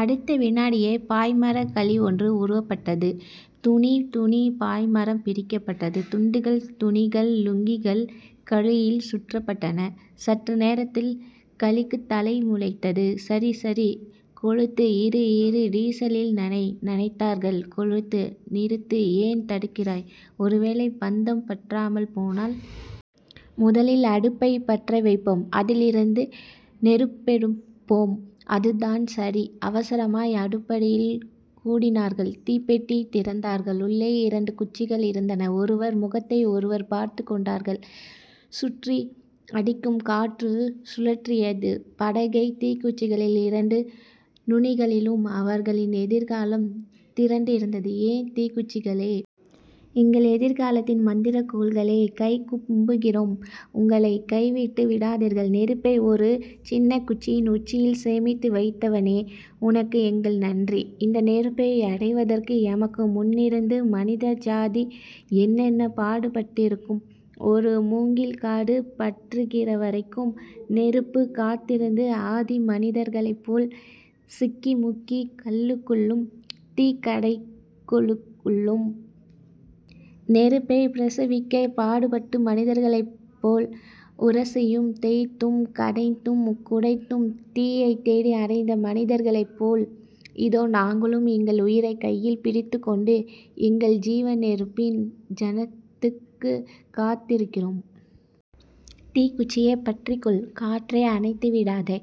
அடுத்த விநாடியே பாய்மரக்கழி ஒன்று உருவப்பட்டது. துணி. துணி. பாய்மரம் பிரிக்கப்பட்டது. துண்டுகள் துணிகள் லுங்கிகள் கழியில் சுற்றப்பட்டன. சற்று நேரத்தில் கழிக்குத் தலை முளைத்தது. சரி... சரி. கொளுத்து. இரு... இரு. டீசலில் நனை. நனைத்தார்கள். கொளுத்து. நிறுத்து. ஏன் தடுக்கிறாய்? ஒருவேளை பந்தம் பற்றாமல் போனால்..? முதலில் அடுப்பைப் பற்றவைப்போம். அதிலிருந்து நெருப்பெடுப்போம். அதுதான் சரி. அவசரமாய் அடுப்படியில் கூடினார்கள். தீப்பெட்டி திறந்தார்கள். உள்ளே இரண்டே குச்சிகள் இருந்தன. ஒருவர் முகத்தை ஒருவர் பார்த்துக் கொண்டார்கள். சுற்றி அடிக்கும் காற்று சுழற்றியது படகை. தீக்குச்சிகளின் இரண்டு நுனிகளிலும் அவர்களின் எதிர்காலம் திரண்டிருந்தது ஏ தீக்குச்சிகளே. எங்கள் எதிர்காலத்தின் மந்திரக்கோல்களே. கைகூப்புகிறோம் உங்களை, கைவிட்டு விடாதீர்கள். நெருப்பை ஒரு சின்னக்குச்சியின் உச்சியில் சேமித்து வைத்தவனே. உனக்கு எங்கள் நன்றி. இந்த நெருப்பை அடைவதற்கு எமக்கு முன்னிருந்த மனிதஜாதி என்னென்ன பாடுபட்டிருக்கும்? ஒரு முங்கில்காடு பற்றுகிறவரைக்கும் நெருப்புக்குக் காத்திருந்த ஆதிமனிதர்களைப் போல் சிக்கிமுக்கிக் கல்லுக்குள்ளும் தீக்கடைகோலுக்குள்ளும் நெருப்பைப் பிரசிவிக்கப் பாடுபட்ட மனிதர்களைப் போல் உரசியும் தேய்த்தும் கடைந்தும் குடைந்தும் தீயைத்தேடி அடைந்த மனிதர்களைப்போல் இதோ நாங்களும் எங்கள் உயிரைக் கையில் பிடித்துக் கொண்டு, எங்கள் ஜீவநெருப்பின் ஜனனத்துக்குக் காத்திருக்கிறோம். தீக்குச்சியே பற்றிக்கொள். காற்றே அணைத்துவிடாதே.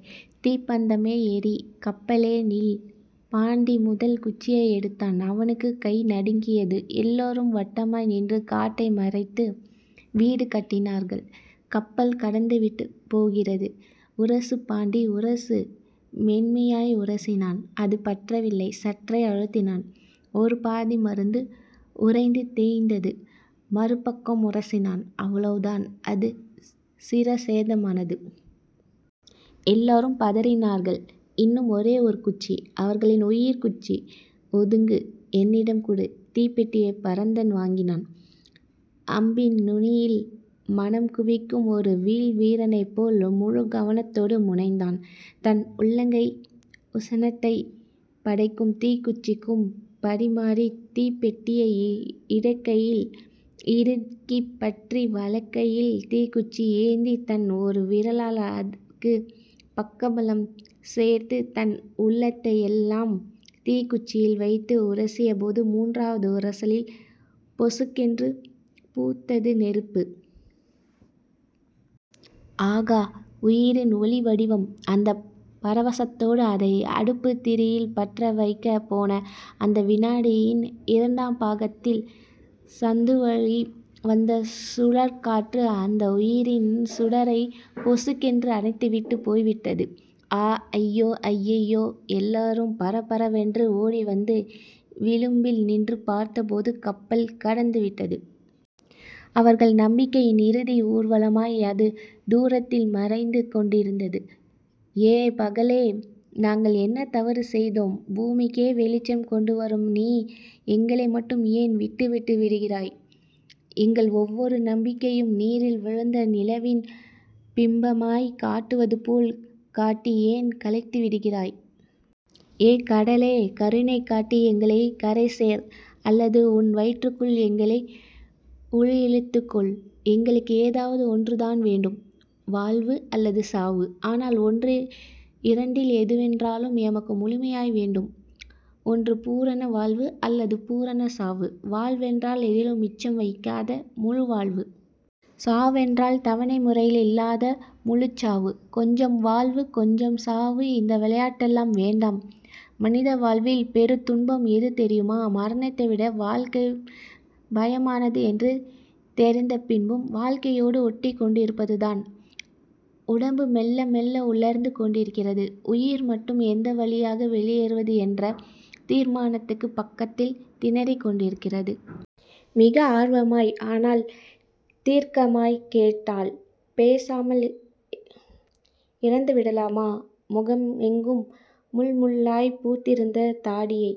தீப்பந்தமே எரி. கப்பலே நில். பாண்டி முதல் குச்சியை எடுத்தான், அவனுக்குக் கை நடுங்கியது. எல்லோரும் வட்டமாய் நின்று காற்றை மறைத்து வீடு கட்டினார்கள். கப்பல் கடந்துவிடப்போகிறது.. உரசு பாண்டி. உரசு. மென்மையாய் உரசினான். அது பற்றவில்லை. சற்றே அழுத்தினான், ஒரு பாதி மருந்து உராய்ந்து தேய்ந்தது, மறுபக்கம் உரசினான், அவ்வளவுதான், அது சிரச்சேதமானது. எல்லோரும் பதறினார்கள். இன்னும் ஒரே ஒரு குச்சி.. அவர்களின் உயிர்க்குச்சி. ஒதுங்கு. என்னிடம் கொடு தீப்பெட்டியைப் பரதன் வாங்கினான். அம்பின் நுனியில் மனம் குவிக்கும் ஒரு வில்வீரனைப்போல முழு கவனத்தோடு முனைந்தான். தன் உள்ளங்கை உஷணத்தைப் பட்டைக்கும் தீக்குச்சிக்கும் பரிமாறித் தீப்பெட்டியை இடக்கையில் இறுக்கிப் பற்றி, வலக்கையில் தீக்குச்சி ஏந்தித் தன் ஒரு விரலால் அதற்குப் பக்கபலம் சேர்த்துத் தன் உள்ளத்தையெல்லாம் தீக்குச்சியில் வைத்து உரசியபோது முன்றாவது உரசலில் பொசுக்கென்று பூத்தது நெருப்பு. ஆகா. உயிரின் ஒளிவடிவம். அந்தப் பரவசத்தோடு அதை அடுப்புத் திரியில் பற்றவைக்கப் போன அந்த விநாடியின் இரண்டாம் பாகத்தில், சந்துவழி வந்த சுழற்காற்று அந்த உயிரின் சுடரைப் பொசுக்கென்று அணைத்துவிட்டுப் போய்விட்டது. ஆ. அய்யோ. அய்யய்யோ. எல்லோரும் பரபரவென்று ஒடிவந்து விளிம்பில் நின்று பார்த்தபோது கப்பல் கடந்துவிட்டது. அவர்கள் நம்பிக்கையின் இறுதி ஊர்வலமாய் அது தூரத்தில் மறைந்துகொண்டிருந்தது. ஏ பகலே. நாங்கள் என்ன தவறு செய்தோம்? பூமிக்கே வெளிச்சம் கொண்டுவரும் நீ, எங்களை மட்டும் ஏன் விட்டுவிட்டு விடிகிறாய்? எங்கள் ஒவ்வொரு நம்பிக்கையையும் நீரில் விழுந்த நிலவின் பிம்பமாய்க் காட்டுவதுபோல் காட்டி ஏன் கலைத்துவிடுகிறாய்? ஏ கடலே. கருணை காட்டி எங்களைக் கரைசேர்... அல்லது உன் வயிற்றுக்குள் எங்களை உள்ளிழுத்துக்கொள். எங்களுக்கு ஏதாவது ஒன்றுதான் வேண்டும் வாழ்வு அல்லது சாவு. ஆனால் ஒன்று இரண்டில் எதுவென்றாலும், எமக்கு முழுமையாய் வேண்டும். ஒன்று பூரண வாழ்வு அல்லது பூரணச் சாவு. வாழ்வென்றால் எதிலும் மிச்சம் வைக்காத முழுவாழ்வு. சாவென்றால் தவணை முறையில் இல்லாத முழுச்சாவு. கொஞ்சம் வாழ்வு கொஞ்சம் சாவு... இந்த விளையாட்டெல்லாம் வேண்டாம். மனித வாழ்வின் பெருந்துன்பம் எது தெரியுமா? மரணத்தைவிட வாழ்க்கை பயமானது என்று தெரிந்த பின்பும், வாழ்க்கையோடு ஒட்டிக்கொண்டிருப்பதுதான். உடம்பு மெல்ல மெல்ல உலர்ந்து கொண்டிருக்கிறது. உயிர் மட்டும் எந்த வழியாக வெளியேறுவது என்ற தீர்மானத்துக்குப் பக்கத்தில் திணறிக் கொண்டிருக்கிறது. மிக ஆர்வமாய் ஆனால், தீர்க்கமாய்க் கேட்டாள் பேசாமல் இறந்துவிடலாமா? முகமெங்கும் முள்முள்ளாய்ப் பூத்திருந்த தாடியைத்